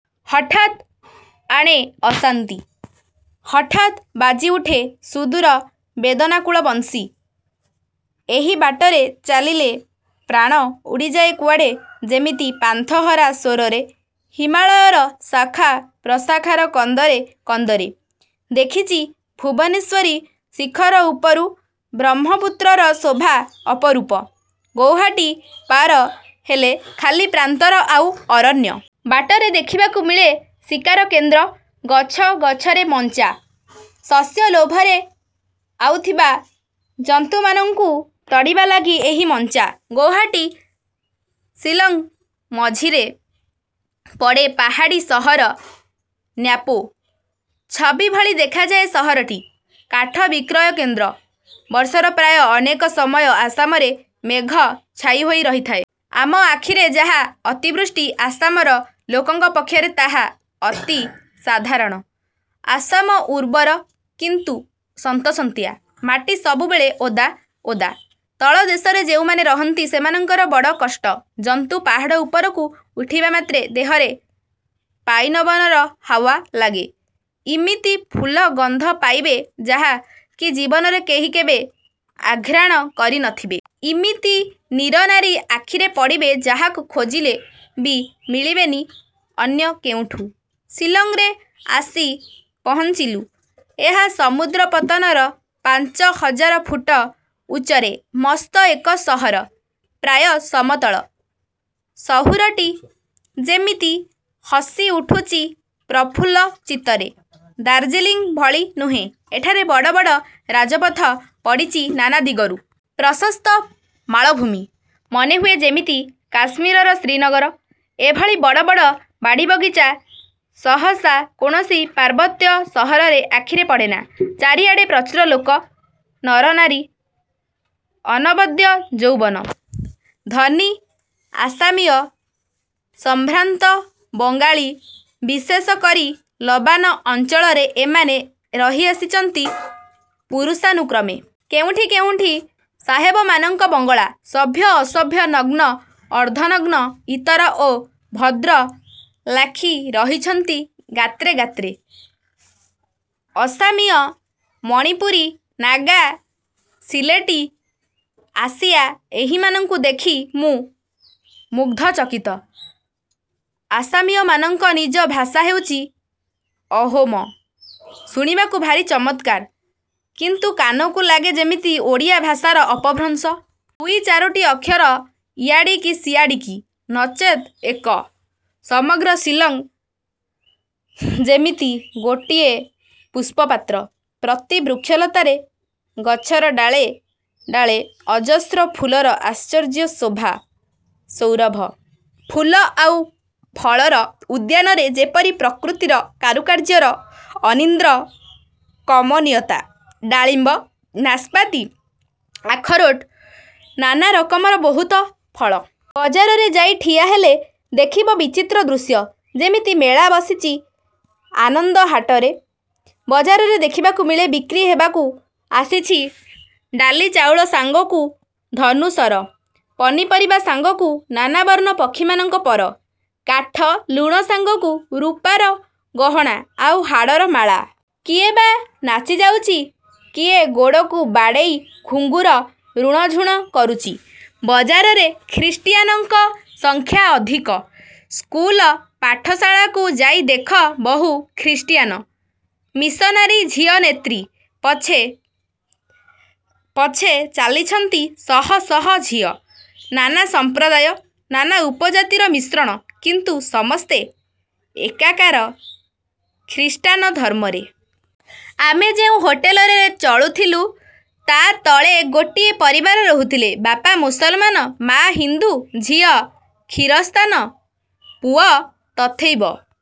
ହଠାତ୍ ଆଣେ ଅଶାନ୍ତି, ହଠାତ୍ ବାଜିଉଠେ ସୁଦୂର ବେଦନାକୁଳ ବଂଶୀ। ଏହି ବାଟରେ ଚାଲିଲେ ପ୍ରାଣ ଉଡ଼ିଯାଏ କୁଆଡ଼େ ଯେମିତି ପାନ୍ଥହରା ସ୍ୱରରେ-ହିମାଳୟର ଶାଖା ପ୍ରଶାଖାର କନ୍ଦରେ କନ୍ଦରେ-। ଦେଖିଚି ଭୁବନେଶ୍ୱରୀ ଶିଖର ଉପରୁ ବ୍ରହ୍ମପୁତ୍ରର ଶୋଭା ଅପରୂପ। ଗୌହାଟୀ ପାର ହେଲେ ଖାଲି ପ୍ରାନ୍ତର ଆଉ ଅରଣ୍ୟ। ବାଟରେ ଦେଖିବାକୁ ମିଳେ ଶିକାରକେନ୍ଦ୍ର ଗଛ ଗଛରେ ମଂଚା। ଶସ୍ୟ ଲୋଭରେ ଆଓୁଥିବା ଜନ୍ତୁମାନଙ୍କୁ ତଡ଼ିବା ଲାଗି ଏହି ମଂଚା। ଗୌହାଟୀ ଶିଲଂ ମଝିରେ ପଡ଼େ ପାହାଡ଼ୀ ସହର ନ୍ୟାପୋ। ଛବି ଭଳି ଦେଖାଯାଏ ସହରଟି। କାଠବିକ୍ରୟ କେନ୍ଦ୍ର। ବର୍ଷର ପ୍ରାୟ ଅନେକ ସମୟ ଆସାମରେ ମେଘ ଛାଇହୋଇ ରହିଥାଏ। ଆମ ଆଖିରେ ଯାହା ଅତିବୃଷ୍ଟି, ଆସାମର ଲୋକଙ୍କ ପକ୍ଷରେ ତାହା ଅତି ସାଧାରଣ। ଆସାମ ଉର୍ବର, କିନ୍ତୁ ସନ୍ତସନ୍ତିଆ। ମାଟି ସବୁବେଳେ ଓଦା ଓଦା। ତଳଦେଶରେ ଯେଉଁମାନେ ରହନ୍ତି, ସେମାନଙ୍କର ବଡ଼ କଷ୍ଟ। ଜନ୍ତୁ ପାହାଡ଼ ଉପରକୁ ଉଠିବାମାତ୍ରେ ଦେହରେ ପାଇନବଣର ହାଓ୍ୱା ଲାଗେ। ଇମିତି ଫୁଲ ଗନ୍ଧ ପାଇବେ ଯାହା କି ଜୀବନରେ କେହି କେବେ ଆଘ୍ରାଣ କରି ନ ଥିବେ। ଇମିତି ନୀରନାରୀ ଆଖିରେ ପଡ଼ିବେ, ଯାହାକୁ ଖୋଜିଲେ ବି ମିଳିବେନି ଅନ୍ୟ କେଉଁଠି। ଶିଲଂରେ ଆସି ପହଞ୍ଚିଲୁ। ଏହା ସମୁଦ୍ରପତ୍ତନର ପାଞ୍ଚ ହଜାର ଫୁଟ ଉଚ୍ଚରେ। ମସ୍ତ ଏକ ସହର, ପ୍ରାୟ ସମତଳ। ସହୁରଟି ଯେମିତି ହସିଉଠୁଚି ପ୍ରଫୁଲ୍ଲ ଚିତ୍ତରେ। ଦାର୍ଜିଲିଂ ଭଳି ନୁହେଁ-। ଏଠାରେ ବଡ଼ ବଡ଼ ରାଜପଥ ପଡ଼ିଚି ନାନା ଦିଗରୁ। ପ୍ରଶସ୍ତ ମାଳଭୂମି। ମନେହୁଏ ଯେମିତି କାଶ୍ମୀରର ଶ୍ରୀନଗର। ଏଭଳି ବଡ଼ ବଡ଼ ବାଡ଼ିବଗିଚା ସହସା କୌଣସି ପାର୍ବତ୍ୟ ସହରରେ ଆଖିରେ ପଡ଼େନା। ଚାରିଆଡ଼େ ପ୍ରଚୁର ଲୋକ, ନରନାରୀ, ଅନବଦ୍ୟ ଯୌବନ। ଧନୀ ଆସାମୀୟ, ସଂଭ୍ରାନ୍ତ ବଙ୍ଗାଳୀ ବିଶେଷ କରି ଲବାନ ଅଞ୍ଚଳରେ ଏମାନେ ରହିଆସିଚନ୍ତି ପୁରୁଷାନୁକ୍ରମେ। କେଉଁଠି କେଉଁଠି ସାହେବମାନଙ୍କ ବଙ୍ଗଳା। ସଭ୍ୟ ଅସଭ୍ୟ ନଗ୍ନ ଅର୍ଦ୍ଧନଗ୍ନ ଇତର ଓ ଭଦ୍ର ଲାଖି ରହିଚନ୍ତି ଗାତ୍ରେ ଗାତ୍ରେ। ଅସାମୀୟ, ମଣିପୁରୀ ନାଗା, ସିଲେଟୀ, ଆସିୟା ଏହିମାନଙ୍କୁ ଦେଖି ମୁଁ ମୁଗ୍ଧଚକିତ। ଆସାମୀୟମାନଙ୍କ ନିଜ ଭାଷା ହେଉଚି ''ଅହୋମ''-ଶୁଣିବାକୁ ଭାରି ଚମତ୍କାର। କିନ୍ତୁ କାନକୁ ଲାଗେ ଯେମିତି ଓଡ଼ିଆ ଭାଷାର ଅପଭ୍ରଂଶ। ଦୁଇ ଚାରୋଟି ଅକ୍ଷର ଇଆଡ଼ିକି ସିଆଡ଼ିକି, ନଚେତ୍ ଏକ। ସମଗ୍ର ଶିଲଂ ଯେମିତି ଗୋଟିଏ ପୁଷ୍ପପାତ୍ର। ପ୍ରତି ବୃକ୍ଷଲତାରେ, ଗଛର ଡାଳେ ଡାଳେ ଅଜସ୍ର ଫୁଲର ଆଶ୍ଚର୍ଯ୍ୟ ଶୋଭା, ସୌରଭ। ଫୁଲ ଆଉ ଫଳର ଉଦ୍ୟାନରେ ଯେପରି ପ୍ରକୃତିର କାରୁକାର୍ଯ୍ୟର ଅନିନ୍ଦ୍ୟ କମନୀୟତା। ଡାଳିମ୍ବ, ନାସ୍ପାତି ଆଖରୋଟ୍, ନାନା ରକମର ବହୁତ ଫଳ-। ବଜାରରେ ଯାଇ ଠିଆହେଲେ ଦେଖିବ ବିଚିତ୍ର ଦୃଶ୍ୟ। ଯେମିତି ମେଳା ବସିଚି ଆନନ୍ଦହାଟରେ-। ବଜାରରେ ଦେଖିବାକୁ ମିଳେ ବିକ୍ରୀ ହେବାକୁ ଆସିଛି ଡାଲି ଚାଉଳ ସାଙ୍ଗକୁ ଧନୁଶର, ପନିପରିବା ସାଙ୍ଗକୁ ନାନାବର୍ଣ୍ଣ ପକ୍ଷୀମାନଙ୍କ ପର, କାଠ, ଲୁଣ ସାଙ୍ଗକୁ ରୂପାର ଗହଣା, ଆଉ ହାଡ଼ର ମାଳା। କିଏ ବା ନାଚିଯାଉଚି, କିଏ ଗୋଡ଼କୁ ବାଡ଼େଇ ଘୁଙ୍ଗୁର ରୁଣଝୁଣ କରୁଚି। ବଜାରରେ ଖ୍ରୀଷ୍ଟିୟାନଙ୍କ ସଂଖ୍ୟା ଅଧିକ। ସ୍କୁଲ ପାଠଶାଳାକୁ ଯାଇ ଦେଖ ବହୁ ଖ୍ରୀଷ୍ଟିୟାନ। ମିଶନାରୀ ଝିଅ ନେତ୍ରୀ-ପଛେ ପଛେ ଚାଲିଛନ୍ତି ଶହ ଶହ ଝିଅ। ନାନା ସମ୍ପ୍ରଦାୟ, ନାନା ଉପଜାତିର ମିଶ୍ରଣ; କିନ୍ତୁ ସମସ୍ତେ ଏକାକାର ଖ୍ରୀଷ୍ଟାନ ଧର୍ମରେ। ଆମେ ଯେଉଁ ହୋଟେଲରେ ଚଳୁଥିଲୁ, ତା ତଳେ ଗୋଟିଏ ପରିବାର ରହୁଥିଲେ-ବାପା ମୁସଲମାନ, ମା ହିନ୍ଦୁ, ଝିଅ ଖୀରସ୍ତାନ, ପୁଅ ତଥୈବ